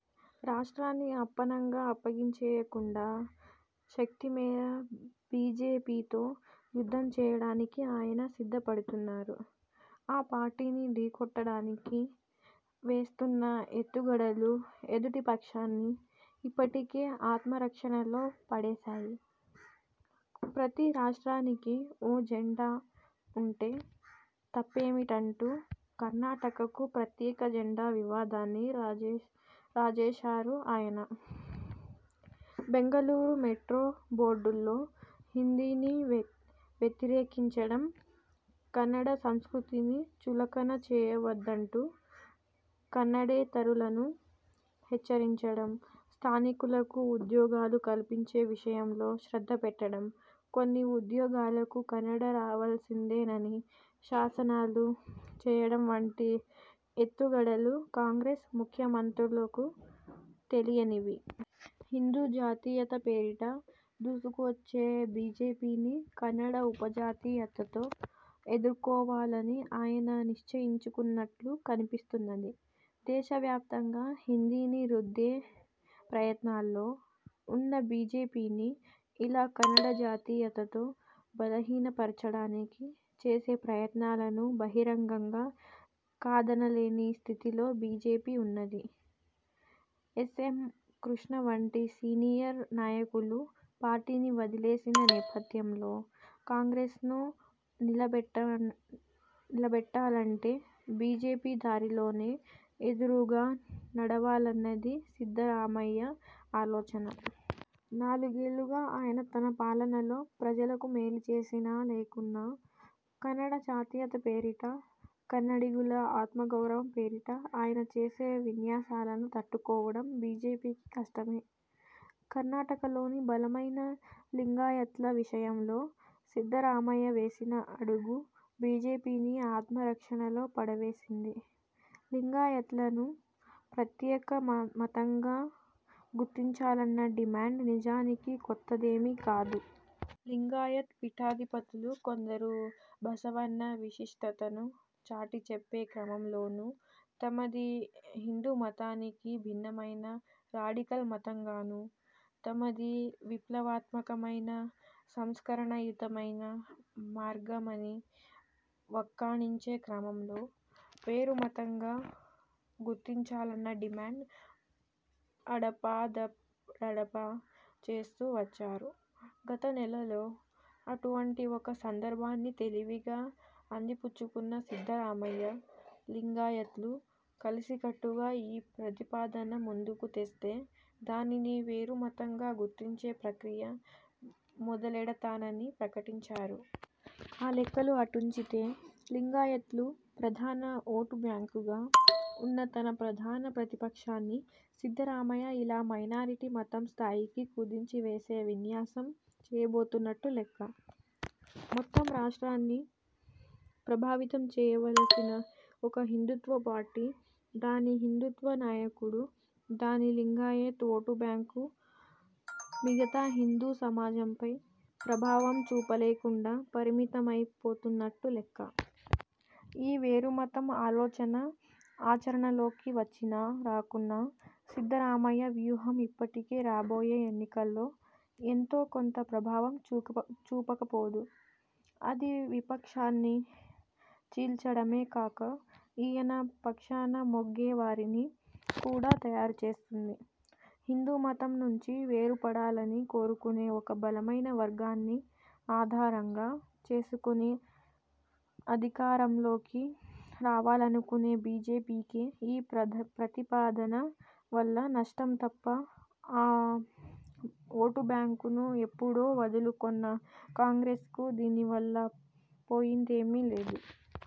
రాష్ట్రాన్ని అప్పనంగా అప్పగించేయకుండా, శక్తిమేర బీజేపీతో యుద్ధం చేయడానికి ఆయన సిద్ధపడుతున్నారు. ఆ పార్టీని ఢీకొట్టడానికి వేస్తున్న ఎత్తుగడలు ఎదుటిపక్షాన్ని ఇప్పటికే ఆత్మరక్షణలో పడేశాయి. ప్రతి రాష్ట్రానికీ ఓ జెండా ఉంటే తప్పేమిటంటూ కర్ణాటకకు ప్రత్యేక జెండా వివాదాన్ని రాజేశారు ఆయన. బెంగుళూరు మెట్రో బోర్డుల్లో హిందీని వ్యతిరేకించడం, కన్నడ సంస్కృతిని చులకన చేయవద్దంటూ కన్నడేతరులను హెచ్చరించడం, స్థానికులకు ఉద్యోగాలు కల్పించే విషయంలో శ్రద్ధపెట్టడం, కొన్ని ఉద్యోగాలకు కన్నడ రావాల్సిందేనని శాసనాలు చేయడం వంటి ఎత్తుగడలు కాంగ్రెస్ ముఖ్యమంత్రులకు తెలియనివి. హిందూ జాతీయత పేరిట దూసుకొచ్చే బీజేపీని కన్నడ ఉపజాతీయతతో ఎదుర్కోవాలని ఆయన నిశ్చయించుకున్నట్లు కనిపిస్తున్నది. దేశవ్యాప్తంగా హిందీని రుద్దే ప్రయత్నాల్లో ఉన్న బీజేపీని ఇలా కన్నడ జాతీయతతో బలహీనపరచడానికి చేసే ప్రయత్నాలను బహిరంగంగా కాదనలేని స్ధితిలో బీజేపీ ఉన్నది. ఎస్. ఎమ్. కృష్ణ వంటి సీనియర్ నాయకులు పార్టీని వదిలేసిన నేపథ్యంలో, కాంగ్రెస్ను నిలబెట్టాలంటే బీజేపీ దారిలోనే ఎదురుగా నడవాలన్నది సిద్ధరామయ్య ఆలోచన. నాలుగేళ్ళుగా ఆయన తన పాలనలో ప్రజలకు మేలుచేసినా, లేకున్నా, కన్నడ జాతీయత పేరిటా, కన్నడిగుల ఆత్మగౌరవం పేరిట ఆయన చేసే విన్యాసాలను తట్టుకోవడం బీజేపికి కష్టమే. కర్ణాటకలోని బలమైన లింగాయత్ల విషయంలో సిద్ధరామయ్య వేసిన అడుగు బీజేపీని ఆత్మరక్షణలో పడవేసింది. లింగాయత్లను ప్రత్యేక మతంగా గుర్తించాలన్న డిమాండ్ నిజానికి కొత్తదేమీ కాదు. లింగాయత్ పీఠాధిపతులు కొందరు బసవన్న విశిష్ఠతను చాటిచెప్పే క్రమంలోనూ, తమది హిందూమతానికి భిన్నమైన రాడికల్ మతంగానూ, తమది విప్లవాత్మకమైన సంస్కరణయుతమైన మార్గమని వక్కాణించే క్రమంలో వేరుమతంగా గుర్తించాలన్న డిమాండ్ అడపాదడపా చేస్తూ వచ్చారు. గతనెలలో అటువంటి ఒక సందర్భాన్ని తెలివిగా అందిపుచ్చుకున్న సిద్ధరామయ్య, లింగాయత్లు కలసికట్టుగా ఈ ప్రతిపాదన ముందుకు తెస్తే, దానిని వేరుమతంగా గుర్తించే ప్రక్రియ మొదలెడతానని ప్రకటించారు. ఆ లెక్కలు అటుంచితే, లింగాయత్లు ప్రధాన ఓటుబ్యాంకుగా ఉన్న తన ప్రధాన ప్రతిపక్షాన్ని సిద్ధరామయ్య ఇలా మైనారిటీ మతం స్థాయికి కుదించివేసే విన్యాసం చేయబోతున్నట్టు లెక్క. మొత్తం రాష్ట్రాన్ని ప్రభావితం చేయవలసిన ఒక హిందూత్వ పార్టీ, దాని హిందూత్వ నాయకుడు, దాని లింగాయత్ ఓటుబ్యాంకు మిగతా హిందూ సమాజంపై ప్రభావం చూపలేకుండా పరిమితమైపోతున్నట్టు లెక్క. ఈ వేరుమతం ఆలోచన ఆచరణలోకి వచ్చినా రాకున్నా సిద్ధరామయ్య వ్యూహం ఇప్పటికే రాబోయే ఎన్నికల్లో ఎంతో కొంత ప్రభావం చూపకపోదు. అది విపక్షాన్ని చీల్చడమే కాక, ఈయన పక్షాన మొగ్గేవారిని కూడా తయారుచేస్తుంది. హిందూమతం నుంచి వేరుపడాలని కోరుకొనే ఒక బలమైన వర్గాన్ని ఆధారంగా చేసుకొని అధికారంలోకి రావాలనుకొనే బీజేపీకే ఈ ప్రతిపాదన వల్ల నష్టం తప్ప ఆ ఓటుబ్యాంకును ఎప్పుడో వదులుకొన్న కాంగ్రెస్కు దీనివల్ల పోయిందేమీ లేదు.